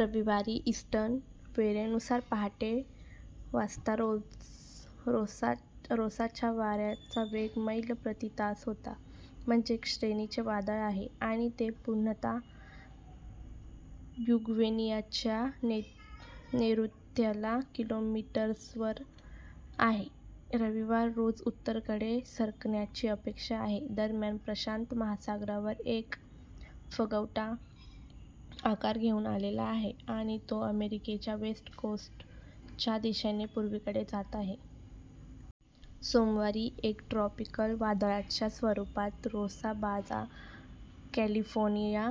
रविवारी ईस्टर्न वेळेनुसार पहाटे वाजता रोसाच्या वाऱ्यांचा वेग मैल प्रति तास होता, म्हणजे हे श्रेणी चे वादळ आहे आणि ते पुन्ता युग्वेनियाच्या नैऋत्येला किलोमीटर्सवर आहे. रविवारी रोस उत्तरकडे सरकण्याची अपेक्षा आहे. दरम्यान, प्रशांत महासागरावर एक फुगवटा आकार घेऊ लागला आहे आणि तो अमेरिकेच्या वेस्ट कोस्टच्या दिशेने पूर्वेकडे जात आहे. सोमवारी एक ट्रॉपिकल वादळाच्या स्वरुपात रोसा बाजा कॅलिफोर्निया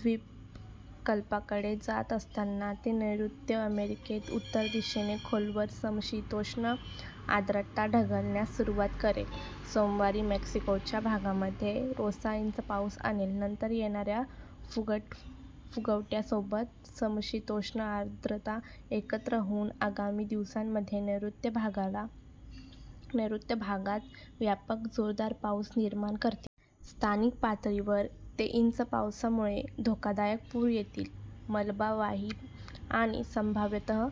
द्वीपकल्पाकडे जात असताना ते नैऋत्य अमेरिकेत उत्तर दिशेने खोलवर समशीतोष्ण आर्द्रता ढकलण्यास सुरुवात करेल. सोमवारी मेक्सिकोच्या भागांमध्ये रोसा इंच पाऊस आणेल. नंतर, येणाऱ्या फुगवट्यासोबत समशीतोष्ण आर्द्रता एकत्र होऊन आगामी दिवसांमध्ये नैऋत्य भागात व्यापक जोरदार पाऊस निर्माण करतील. स्थानिक पातळीवर ते इंच पावसामुळे धोकादायक पूर येतील, मलबा वाहील आणि संभाव्यतः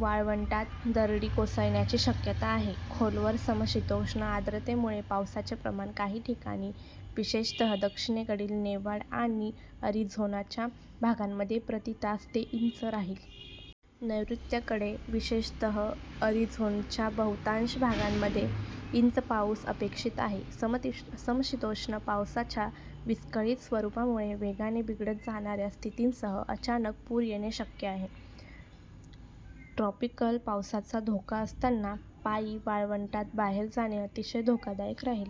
वाळवंटात दरडी कोसळण्याची शक्यता आहे. खोलवर समशीतोष्ण आर्द्रतेमुळे पावसाचे प्रमाण काही ठिकाणी, विशेषतः दक्षिणेकडील नेवाडा आणि अरिझोनाच्या भागांमध्ये प्रति तास ते इंच राहील. नैऋत्येकडे विशेषतः, अरिझोनाच्या बहुतांश भागामध्ये ते इंच पाऊस अपेक्षित आहे. समशीतोष्ण पावसाच्या विस्कळीत स्वरुपामुळे वेगाने बिघडत जाणाऱ्या स्थितींसह अचानक पूर येणे शक्य आहे. ट्रॉपिकल पावसाचा धोका असताना पायी वाळवंटात बाहेर जाणे अतिशय धोकादायक राहील.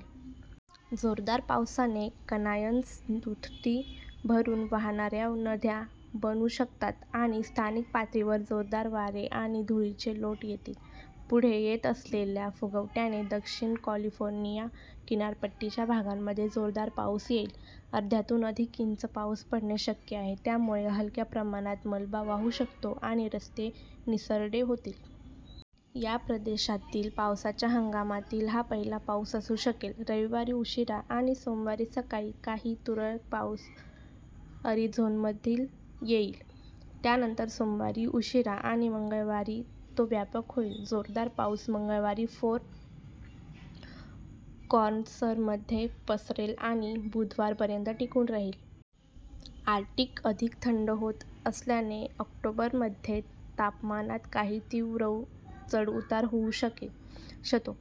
जोरदार पावसाने कनायन्स दुथडी भरुन वाहणाऱ्या नद्या बनू शकतात आणि स्थानिक पातळीवर जोरदार वारे आणि धुळीचे लोट येतील. पुढे येत असलेल्या फुगवट्याने दक्षिण कॅलिफोर्निया किनारपट्टीच्या भागांमध्ये जोरदार पाऊस येईल. अर्ध्याहून अधिक इंच पाऊस पडणे शक्य आहे, त्यामुळे हलक्या प्रमाणात मलबा वाहू शकतो आणि रस्ते निसरडे होतील. या प्रदेशातील पावसाच्या हंगामातील हा पहिला पाऊस असू शकेल. रविवारी उशिरा आणि सोमवारी सकाळी काही तुरळक पाऊस अरिझोनामध्ये येईल, त्यानंतर सोमवारी उशिरा आणि मंगळवारी तो व्यापक होईल. जोरदार पाऊस मंगळवारी फोर कॉर्नर्समध्ये पसरेल आणि बुधवारपर्यंत टिकून राहील. आर्क्टिक अधिक थंड होत असल्याने ऑक्टोबरमध्ये तापमानात काही तीव्र चढउतार होऊ शतो,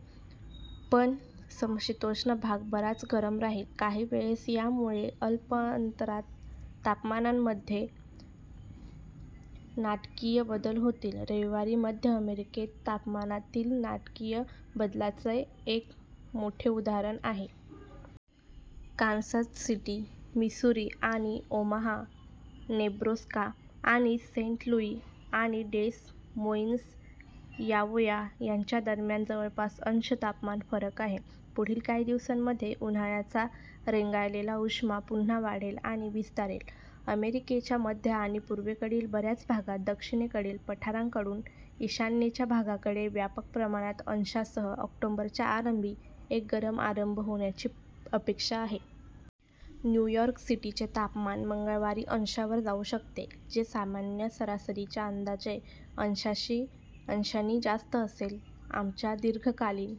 पण समशीतोष्ण भाग बराच गरम राहील. काहीवेळेस यामुळे अल्प अंतरात तापमानामध्ये नाटकीय बदल होतात. रविवारी मध्य अमेरिकेत तापमानातील नाटकीय बदलाचे एक मोठे उदाहरण आहे. कान्सास सिटी, मिसुरी, आणि ओमाहा, नेब्रास्का, आणि सेंट लुई आणि डेस मोईन्स, आयोवा यांच्या दरम्यान जवळपास अंश तापमान फरक आहे. पुढील काही दिवसांमध्ये, उन्हाळ्याचा रेंगाळलेला उष्मा पुन्हा वाढेल आणि विस्तारेल. अमेरिकेच्या मध्य आणि पूर्वेकडील बऱ्याच भागात दक्षिणेकडील पठारांकडून ईशान्येच्या भागांकडे व्यापक प्रमाणात अंशांसह ऑक्टोबरच्या आरंभी एक गरम आरंभ होण्याची अपेक्षा आहे. न्यू यॉर्क सिटीचे तापमान मंगळवारी अंशांवर जाऊ शकते, जे सामान्य सरासरीच्या अंदाजे अंशांनी जास्त असेल. आमच्या दीर्घकालीन